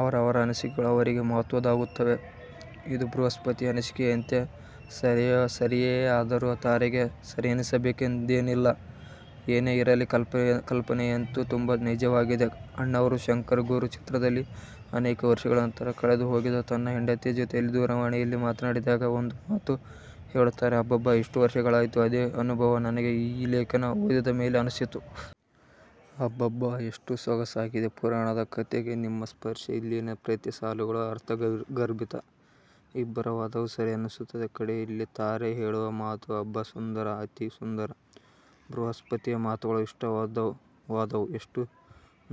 ಅವರವರ ಅನಿಸಿಕೆಗಳು ಅವರಿಗೆ ಮಹತ್ವದ್ದಾಗುತ್ತವೆ. ಇದು ಬೃಹಸ್ಪತಿಯ ಅನಿಸಿಕೆಯಂತೆ ಸರಿಯೇಅದರೂ ತಾರೆಗೆ ಸರಿಯೆನಿಸಬೇಕೆಂದೇನಿಲ್ಲಏನೆ ಇರಲಿ ಕಲ್ಪನೆಯಂತೂ ತುಂಬ ನೈಜವಾಗಿದೆ. ಅಣ್ಣಾವ್ರು ಶಂಕರ್ ಗುರು ಚಿತ್ರದಲ್ಲಿ ಅನೇಕ ವರ್ಷಗಳ ನಂತರ ಕಳೆದು ಹೋಗಿದ್ದ ತನ್ನ ಹೆಂಡತಿಯ ಜೊತೆಯಲ್ಲಿ ದೂರವಾಣಿಯಲ್ಲಿ ಮಾತಾಡಿದಾಗ ಒಂದು ಮಾತು ಹೇಳುತ್ತಾರೆ "ಅಬ್ಬಬ್ಬಾ ಎಷ್ಟು ವರ್ಷಗಳಾಯ್ತು" ಅದೇ ಅನುಭವ ನನಗೆ ಈ ಲೇಖನ ಓದಿದ ಮೇಲೆ ಅನಿಸಿತು. ಅಬ್ಬಬ್ಬಾ ಎಷ್ಟು ಸೊಗಸಾಗಿದೆ ಪುರಾಣದ ಕಥೆಗೆ ನಿಮ್ಮ ಸ್ಪರ್ಶ. ಇಲ್ಲಿನ ಪ್ರತಿ ಸಾಲುಗಳು ಅರ್ಥಗರ್ಭಿತ. ಇಬ್ಬರ ವಾದವೂ ಸರಿ ಅನ್ನಿಸುತ್ತದೆ ಕಡೆಯಲ್ಲಿ ತಾರೆ ಹೇಳುವ ಮಾತು ಅಬ್ಬಾ ಸುಂದರ ಅತಿ ಸುಂದರ. ಬೃಹಸ್ಪತಿಯ ಮಾತುಗಳು ಇಷ್ಟವಾದವುಎಷ್ಟು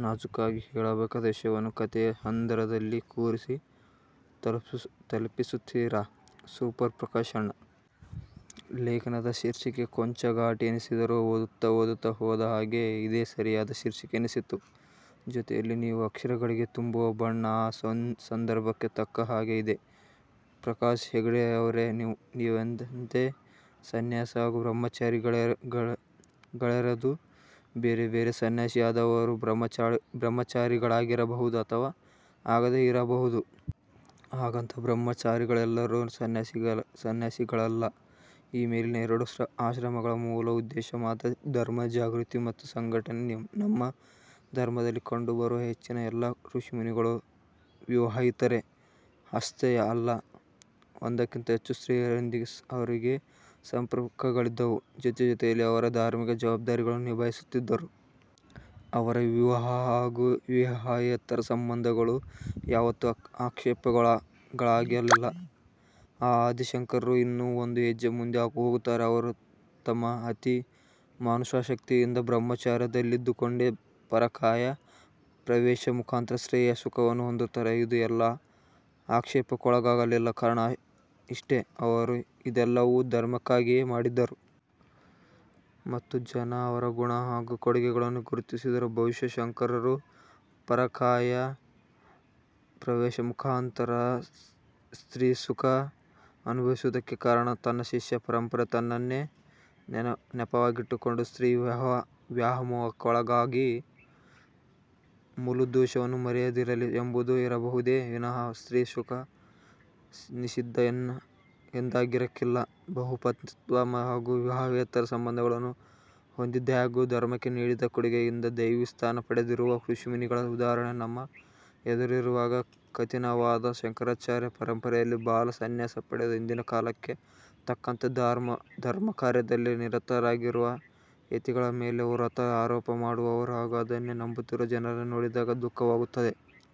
ನಾಜೂಕಾಗಿ ಹೇಳಬೇಕಾದ ವಿಷಯವನ್ನು ಕಥೆಯ ಹಂದರದಲ್ಲಿ ಕೂರಿಸಿ ತಲುಪಿಸುತ್ತೀರಾ ಸೂಪರ್ ಪ್ರಕಾಶಣ್ಣ. ಲೇಖನದ ಶೀರ್ಷಿಕೆ ಕೊಂಚ ಘಾಟಿ ಎನಿಸಿದರೂ ಓದುತ್ತ ಓದುತ್ತಾ ಹೋದ ಹಾಗೆ ಇದೆ ಸರಿಯಾದ ಶೀರ್ಷಿಕೆ ಎನ್ನಿಸಿತು. ಜೊತೆಯಲ್ಲಿ ನೀವು ಅಕ್ಷರಗಳಿಗೆ ತುಂಬುವ ಬಣ್ಣ. ಆ ಸಂದರ್ಭಕ್ಕೆ ತಕ್ಕ ಹಾಗೆ ಇದೆ. ಪ್ರಕಾಶ ಹೆಗಡೆಯವರೇ ನೀವಂದಂತೇ ಸನ್ಯಾಸ ಹಾಗೂ ಬ್ರಹ್ಮಚರ್ಯಗಳೆರದೂ ಬೇರೆ ಬೇರೆ. ಸನ್ಯಾಸಿಯಾದವರು ಬ್ರಹ್ಮಚಾರಿಗಳಾಗಿರಬಹುದು ಅಥವಾ ಆಗದೇ ಇರಬಹುದು. ಹಾಗಂತ ಬ್ರಹ್ಮಚಾರಿಗಳೆಲ್ಲರೂ ಸನ್ಯಾಸಿಗ ಸನ್ಯಾಸಿಗಲಲ್ಲ. ಈಮೇಲಿನ ಎರಡೂ ಆಶ್ರಮಗಳ ಮೂಲ ಉದ್ದೇಶ ಮಾತ್ರ ಧರ್ಮ ಜಾಗ್ರತಿ ಮತ್ತು ಸಂಘಟನೆ. ನಿಮ್ಮ ಧರ್ಮದಲ್ಲಿ ಕಂಡು ಬರುವ ಹೆಚ್ಚಿನ ಎಲ್ಲ ಋಷಿಮುನಿಗಳೂ ವಿವಾಹಿತರೆ. ಅಶ್ತೆ ಅಲ್ಲ ಒಂದಕ್ಕಿಂತ ಹೆಚ್ಚು ಸ್ತ್ರೀ ಯರೊಂದಿಗೆ ಅವರಿಗೆ ಸಂಪರ್ಕಗಳಿದ್ದವು. ಜೊತೆಜೊತೆಯಲ್ಲೇ ಅವರ ಧಾರ್ಮಿಕ ಜವಾಬ್ದಾರಿಗಳನ್ನೂ ನಿಭಾಯಿಸುತ್ತಿದ್ದರು. ಅವರ ವಿವಾಹ ಹಾಗೂ ವಿವಾಹೇತರ ಸಂಬನ್ಧಗಳು ಯಾವತ್ತೂ ಆಕ್ಷೇಪಕ್ಕೊಳಗಾಗಲಿಲ್ಲ. ಶ್ರೀ ಆದಿಶಂಕರರು ಇನ್ನೂ ಒಂದು ಹೆಜ್ಜೆ ಮುಂದೆ ಹೋಗುತ್ತಾರೆ. ಅವರು ತಮ್ಮ ಅತಿ ಮಾನುಷ ಶಕ್ತಿಯಿಂದ ಬ್ರಹ್ಮ ಚರ್ಯದಲ್ಲಿದ್ದುಕೊಂಡೇ ಪರಕಾಯ ಪ್ರವೇಶ ಮುಖಾಂತರ ಸ್ತ್ರೀ ಸುಖವನ್ನು ಹೊಂದುತ್ತಾರೆ. ಇದು ಎಲ್ಲೂ ಅಕ್ಷೇಪಕ್ಕೊಳಗಾಗಲಿಲ್ಲ. ಕಾರಣ ಇಷ್ಟೇ ಅವರು ಇದೆಲ್ಲವು ಧರ್ಮಕ್ಕಗಿಯೇ ಮಾಡಿದರು. ಮತ್ತು ಜನ ಅವರ ಗುಣ ಹಾಗೂ ಕೊಡುಗೆಗಳನ್ನು ಗುರುತಿಸಿದರು. ಬಹುಶಃ ಶಂಕರರು ಪರಕಾಯ ಪ್ರವೇಶ ಮುಖಾಂತರ ಸ್ತ್ರೀ ಸುಖ ಅನುಭವಿಸುವುದಕ್ಕೆ ಕಾರಣ ತನ್ನ ಶಿಷ್ಯ ಪರಂಪರೆ ತನ್ನನ್ನೇ ನೆಪವಾಗಿಟ್ಟುಕೊಂಡು ಸ್ತ್ರೀ ವ್ಯಾಮೋಹಕ್ಕೋಳಾಲಗಾಗಿ ಮೂಲೋದ್ದೇಶವನ್ನು ಮರೆಯದಿರಲಿ ಎಂಬುದೇ ಇರಬಹುದೇ ವಿನಃ ಸ್ತ್ರೀ ಸುಖ ನಿಷಿಧ ಎನ್ದಾಗಿರಲಿಕ್ಕಿಲ್ಲ. ಬಹುಪತ್ನಿತ್ವ ಹಾಗೂ ವಿವಾಹೇತರ ಸಂಬಂಧಗಳನ್ನು ಹೊಂದಿದ್ದಾಗ್ಯೂ ಧರ್ಮಕ್ಕೆ ನೀಡಿದ ಕೊಡುಗೆಯಿಂದ ದೈವೀ ಸ್ಥಾನ ಪಡೆದಿರುವ ಋಷಿಮುನಿಗಳ ಉದಾಹರಣೆ ನಮ್ಮ ಎದುರಿಗಿರುವಾಗ ಕಥಿನವಾದ ಶಂಕರಾಚಾರ್ಯ ಪರಂಪರೆಯಲ್ಲಿ ಬಾಲ ಸನ್ಯಾಸ ಪಡೆದು ಇಂದಿನ ಕಾಲಕೆ ತಕ್ಕಂತೆ ಧರ್ಮ ಕಾರ್ಯದಲ್ಲಿ ನಿರತ ರಾಗಿರುವ ಯತಿಗಳ ಮೇಲೆ ವ್ರತ ಆರೋಪ ಮಾಡುವವರು ಹಾಗೂ ಅದನ್ನೇ ನಂಬುತ್ತಿರುವ ಜನರನ್ನು ನೋಡಿದಾಗ ದುಃಖವಾಗುತ್ತದೆ.